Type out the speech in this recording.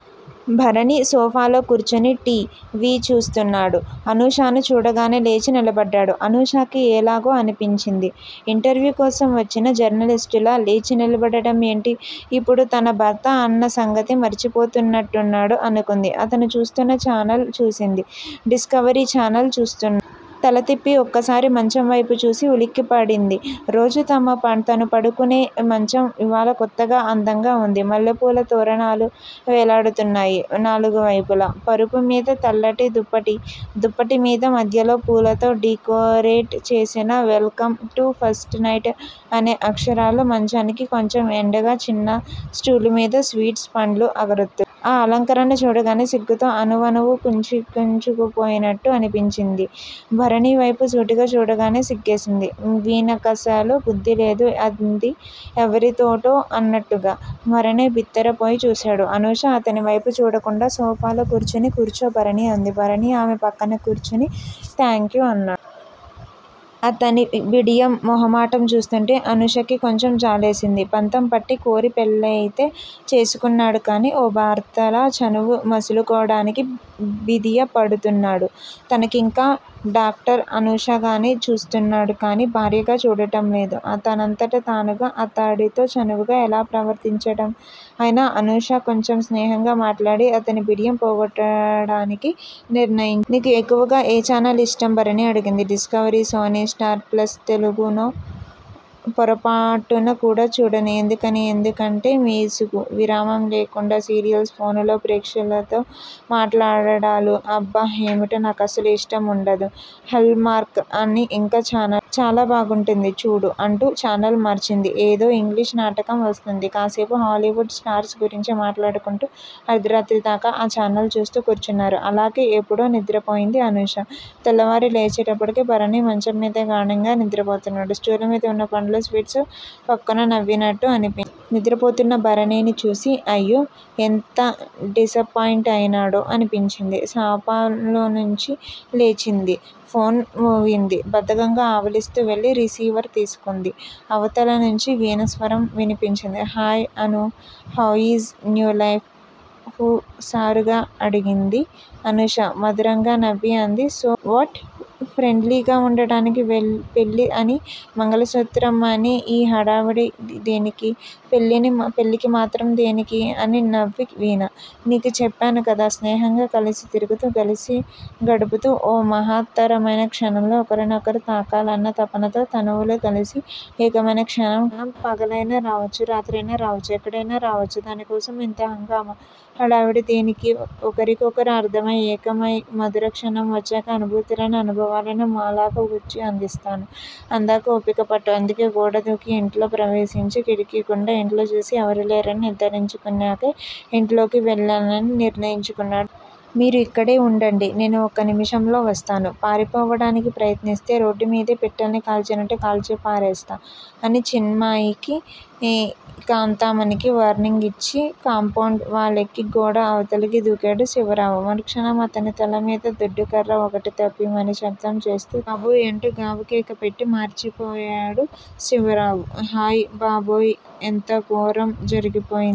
భరణి, సోఫాలో కూర్చుని TV చూస్తున్నాడు. అనూషను చూడగానే లేచి నిలబడ్డాడు. అనూషకి ఎలాగో అనిపించింది. ఇంటర్య్వూ కోసం వచ్చిన జర్నలిస్టులా లేచి నిలబడటం ఏంటి? ఇప్పుడు తను భర్త అన్న సంగతి మర్చిపోతున్నట్టున్నాడు అనుకుంది. అతను చూస్తున్న ఛానల్ చూసింది. డిస్కవరీ ఛానల్ చూస్తున్నాడు. తలతిప్పి ఒక్కసారి మంచం వైపుచూసి ఉలిక్కిపడింది. రోజూ తను పడుకునే మంచం ఇవాళ కొత్తగా, అందంగా వుంది. మల్లెపూల తోరణాలు వెళ్ళాడుతున్నాయి నాలుగువైపులా. పరుపుమీద తల్లటి దుప్పటి. దుప్పటి మీద మద్యలో పూలతో డికోరేట్ చేసిన welcome to first night అనే అక్షరాలు మంచానికి కొంచెం ఎడంగా చిన్న స్టూలుమీద స్వీట్స్, పండ్లు, అగరొత్తులు. ఆ అలంకరణ చూడగానే సిగ్గుతో అణువణువూ కుంచించుకుపోయినట్టు అనిపించి. భరణి వైపు సూటిగా చూడగానే సిగ్గేసింది. వీణకసలు బుద్దిలేదు అంది ఎవరితోటో అన్నట్టుగా. భరణి భిత్తరపోయి చూశాడు. అనూష అతని వైపు చూడకుండా సోపాలో కూర్చుని. కూర్చో భరణీ! అంది. భరణి ఆమె పక్కనే కూర్చుని- థాంక్యూ అన్నాడు. అతని బిడియం, మొహమాటం చూస్తుంటే అనూషకి కొంచెం జాలేసింది. పంతంపట్టి, కోరి పెళ్ళయితే చేసుకున్నాడుకానీ, ఓ భార్తలా చనువుగా మసులుకోడానికి బిదియపడుతున్నాడు. తనకింకా డాక్టర్ అనూషగానే చూస్తున్నాడు కానీ, భార్యగా చూడడంలేదు. తనంతట తానుగా అతడితో చనువుగా ఎలా ప్రవర్తించడం? అయినా అనూష కొంచెం స్నేహంగా మాట్లాడి, అతని బిడియం పొగొట్టడానికి నిర్ణయించుకుంది. నీకు ఎక్కువగా ఎ చానల్ ఇష్టం భరణీ అడిగింది. Discovery, Sony, Star Plus Telugu no! పొరపాటున కూడా చూడను ఎందుకని? ఎందుకేంటి? విసుగూ, విరామం లేకుండా సీరియల్సు, ఫోనులో ప్రేక్షకులతో మాట్లాడడాలు అబ్బ ఏమిటో నాకసలు యిష్టం వుండదు. హల్ మార్క్ అని ఇంకో ఛానల్ వుంది. చాలా బాగుంటుంది చూడు అంటూ ఛానల్ మార్చింది. ఏదో ఇంగ్లీషు నాటకం వస్తోంది. కాసేపు హాలీవుడ్ స్టార్స్ గురించి మాట్లాడకుంటూ, అర్దరాత్రిదాకా ఆ ఛానల్ చూస్తూ కూర్చూన్నారు. అలాగే ఎప్పుడో నిద్రపోయింది అనూష. తెల్లవారి లేచేటప్పటికి భరణి మంచంమీద గాడంగా నిద్రపోతున్నాడు. స్టూలుమీద వున్న పండ్లు, స్వీట్స్ ఫక్కున నవ్వినట్టు అనిపించింది. నిద్రపోతున్న భరణిని చూసి అయ్యో! ఎంత డిసపాయింట్ అయినాడో అనిపించింది. సావుపలోంచి లేచింది. ఫోన్ మోగింది. బద్దకంగా ఆవలిస్తూ వెళ్ళి రిసీవర్ తీసుకుంది. అవతల నుంచి వీణ స్వరం వినిపించింది. Hi Anu! How is new life? హుఉశారుగా అడిగింది. అనూష మధురంగా నవ్వి అంది సో వాట్? ప్రెండ్లీ గా వుండటానికి పెళ్ళి అని, మంగళసూత్రం అనీ ఈ హడావిడి దేనికి? పెళ్ళికి మాత్రం దేనికి? అని నవ్వి వీణా! నీకు చెప్పానుకదూ! స్నేహంగా కలసి తిరుగుతూ, కలసి గడుపుతూ ఓ మహా త్తరమైన క్షణంలో ఒకనొకరు తాకాలన్న తపనతో తనువులు కలసి, ఏకమైన క్షణం ఆ క్షణం పగలయినా రావచ్చు, రాత్రియిన రావచ్చు. ఎక్కడయినా రావచ్చు. దానికోసం ఇంత హంగామా, హాడావిడి దేనికి? ఒకరికొకరు అర్ధమై, ఏకమయ్ మధురక్షణం వచ్చాక అనుభూతులను, అనుభవాలను మాలగా గుచ్చి అందిస్తాను. అందాకా ఓపికపట్టు. అందుకే గోడదూకి ఇంట్లోకి ప్రవేశించి కిటికిగుండా ఇంట్లోకి చూసి ఎవరూలేరని నిర్ధారించుకున్నాకే ఇంట్లోకి వెళ్ళాలని నిర్ణయించుకున్నాడు మీరు ఇక్కడే ఉండండి నేను ఒక్క నిముషంలో వస్తాను. పారిపోవడానికి ప్రయత్నిస్తే రోడ్డు మీదే పిట్టల్ని కాల్చినట్టు కాల్చిపారేస్తా అని చిన్నమ్మాయికి, కాంతామణికి వార్నింగ్ ఇచ్చి కాంపౌండ్ వాల్ ఎక్కి గోడ అవతలకి దూకాడు శివరావు. మరుక్షణం అతని తలమీద దుడ్డుకర్ర ఒకటి తపిమని శబ్దం చేస్తూ 'బాబోయ్' అంటూ గావుకేక పెట్టి మార్చపోయాడు శివరావు. హయ్ బాబోయ్ ఎంత ఘోరం జరిగిపోయింది